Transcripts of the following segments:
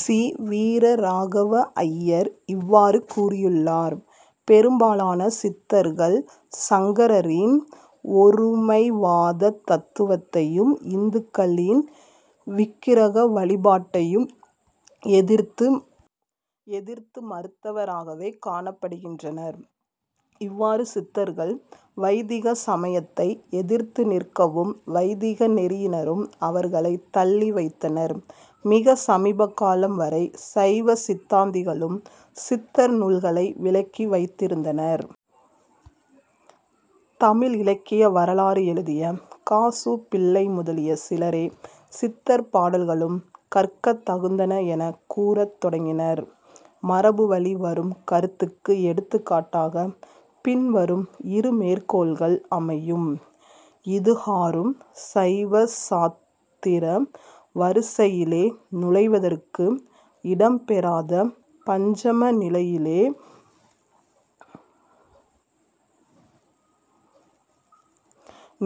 C. Veeraraghava Iyer இவ்வாறு கூறியுள்ளார்: "பெரும்பாலான சித்தர்கள் சங்கரரின் ஒருமைவாதத் தத்துவத்தையும் இந்துக்களின் விக்கிரக வழிபாட்டையும் எதிர்த்து மறுத்தவராகவே காணப்படுகின்றனர். " இவ்வாறு சித்தர்கள் வைதிக சமயத்தை எதிர்த்து நிற்கவும், வைதிக நெறியினரும் அவர்களைத் தள்ளி வைத்தனர். மிகச் சமீபகாலம் வரை சைவ சித்தாந்திகளும் சித்தர் நூல்களை விலக்கி வைத்திருந்தனர். தமிழ் இலக்கிய வரலாறு எழுதிய கா. சு. பிள்ளை முதலிய சிலரே சித்தர் பாடல்களும் கற்கத் தகுந்தன எனக் கூறுத் தொடங்கினர். மரபு வழி வரும் கருத்துக்கு எடுத்துக்காட்டாகப் பின்வரும் இரு மேற்கோள்கள் அமையும். "இதுகாறும் சைவ சாத்திர வரிசையிலே நுழைவதற்கு இடம் பெறாத பஞ்சம நிலையிலே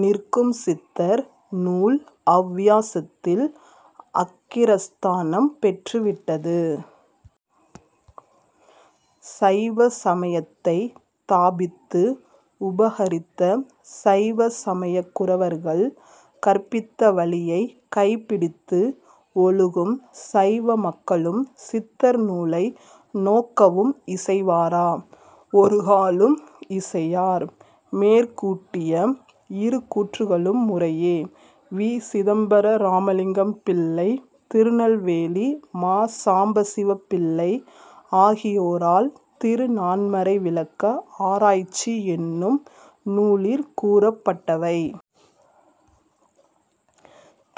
நிற்கும் சித்தர் நூல் அவ்வியாசத்தில் அக்கிரஸ்தானம் பெற்றுவிட்டது. "சைவ சமயத்தைத் தாபித்து உபகரித்த சைவ சமய குரவர்கள் கற்பித்த வழியைக் கைப்பிடித்து ஒழுகும் சைவ மக்களும் சித்தர் நூலை நோக்கவும் இசைவாரா? ஒருகாலும் இசையார். " மேற்கூட்டிய இரு கூற்றுக்களும் முறையே வி. சிதம்பர ராமலிங்கம் பிள்ளை, திருநெல்வேலி மா. சாம்பசிவ பிள்ளை ஆகியோரால் திருநான்மறை விளக்க ஆராய்ச்சி என்னும் நூலிற் கூறப்பட்டவை.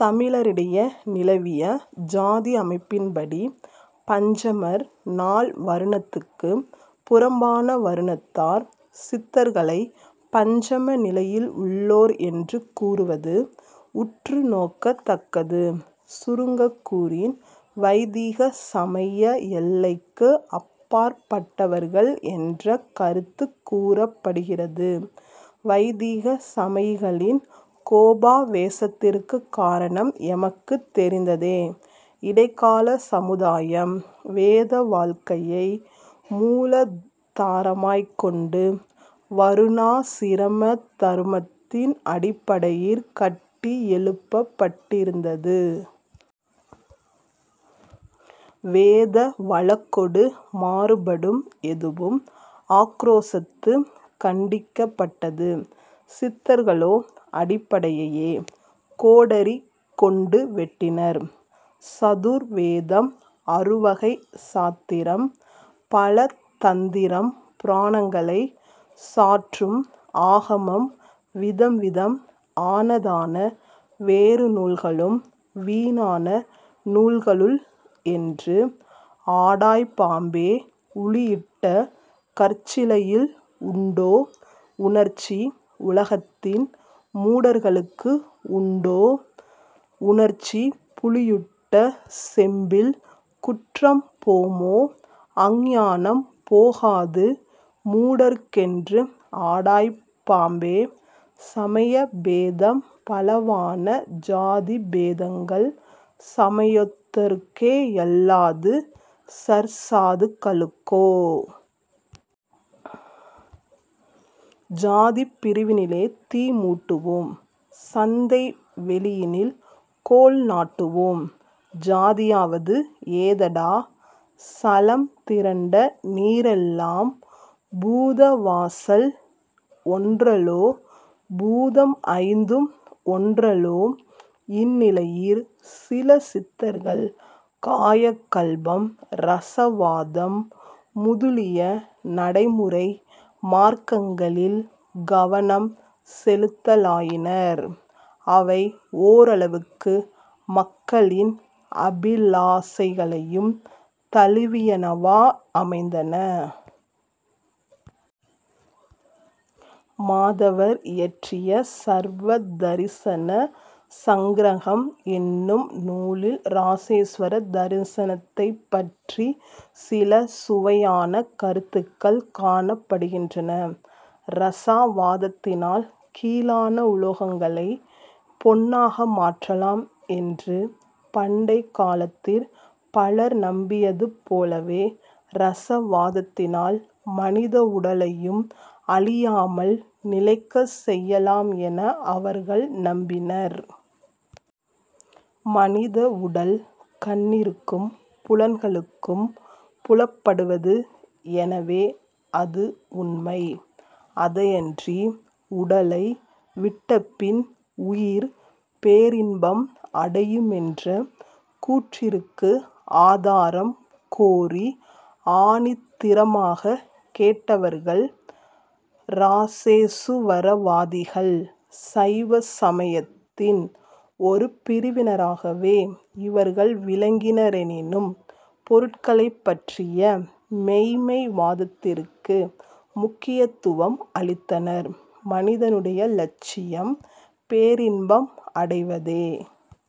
தமிழரிடையே நிலவிய சாதியமைப்பின்படி, பஞ்சமர் நால் வருணத்துக்குப் புறம்பான வருணத்தார்; சித்தர்களைப் பஞ்சம நிலையில் உள்ளோர் என்று கூறுவது உற்று நோக்கத்தக்கது. சுருங்கக் கூறின், வைதிக சமய எல்லைக்கு அப்பாற்பட்டவர்கள் என்ற கருத்துக் கூறப்படுகிறது. வைதிக சமயிகளின் கோபாவேசத்திற்குக் காரணம் எமக்குத் தெரிந்ததே. இடைக்காலச் சமுதாயம் வேத வாழ்க்கையை மூலாதாரமாய்க் கொண்டு வருணாசிரம தருமத்தின் அடிப்படையிற் கட்டியெழுப்பப்பட்டிருந்தது. வேத வழக்கொடு மாறுபடும் எதுவும் ஆக்குரோசத்துடன்கண்டிக்கப்பட்டது. சித்தர்களோ அடிப்படையையே கோடரி கொண்டு வெட்டினர். "சதுர் வேதம் அறுவகைச் சாத்திரம் பல தந்திரம் புராணங்களைச் சாற்றும் ஆகமம் விதம் விதம் ஆனதான வேறு நூல்களும் வீணான நூல்கள் என்று ஆடாய் பாம்பே! " 'உளியிட்ட கற்சிலையில் உண்டோ உணர்ச்சி உலகத்தின் மூடர்களுக்கு உண்டோ உணர்ச்சி புளியிட்ட செம்பில் குற்றம் போமோ அஞ்ஞானம் போகாது மூடர்க்கென்று ஆடாய் பாம்பே" "சமய பேதம் பலவான சாதி பேதங்கள் சமயத்தோர்க் கேயல்லாது சற்சாதுக் களுக்கோ? " "சாதிப் பிரிவினிலே தீமூட்டுவோம் சந்தை வௌியினில் கோல் நாட்டுவோம்" "சாதியாவது ஏதடா? சலம் திரண்ட நீரெல்லாம் பூத வாசல் ஒன்றலோ? பூதம் ஐந்தும் ஒன்றலோ? " இந்நிலையிற் சில சித்தர்கள் காயகல்பம், இரசவாதம், முதுலிய நடைமுறை மார்க்கங்களில் கவனஞ் செலுத்தலாயினர். அவை ஓரளவுக்கு மக்களின் அபிலாஷைகளையும் தழுவியனவா யமைந்தன. மாதவர் இயற்றிய 'சர்வ தரிசன சங்கிரகம்' என்னும் நூலில் இராசேசுவர தரிசனத்தைப் பற்றிச் சில சுவையான கருத்துக்கள் காணப்படுகின்றன. இரசாவாதத்தினால் கீழான உலோகங்களைப் பொன்னாக மாற்றலாம் என்று பண்டைக் காலத்திற் பலர் நம்பியது போலவே இரசவாதத்தினால் மனித உடலையும் அழியாமல் நிலைக்கச் செய்யலாம் என அவர்கள் நம்பினர். மனித உடல் கண்ணிற்கும், புலன்களுக்கும் புலப்படுவது; எனவே அது உண்மை. அதன்றி, உடலை விட்டபின் உயிர் பேரின்பம் அடையுமென்ற கூற்றிற்கு ஆதாரம் கோரி ஆணித்திரமாகக் கேட்டவர்கள் இராசேசுவரவாதிகள்; சைவ சமயத்தின் ஒரு பிரிவினராகவே இவர்கள் விளங்கினரெனினும் பொருள்களைப் பற்றிய மெய்ம்மை வாதத்திற்கு முக்கியத்துவம் அளித்தனர். "மனிதனுடைய இலட்சியம் பேரின்பம் அடைவதே.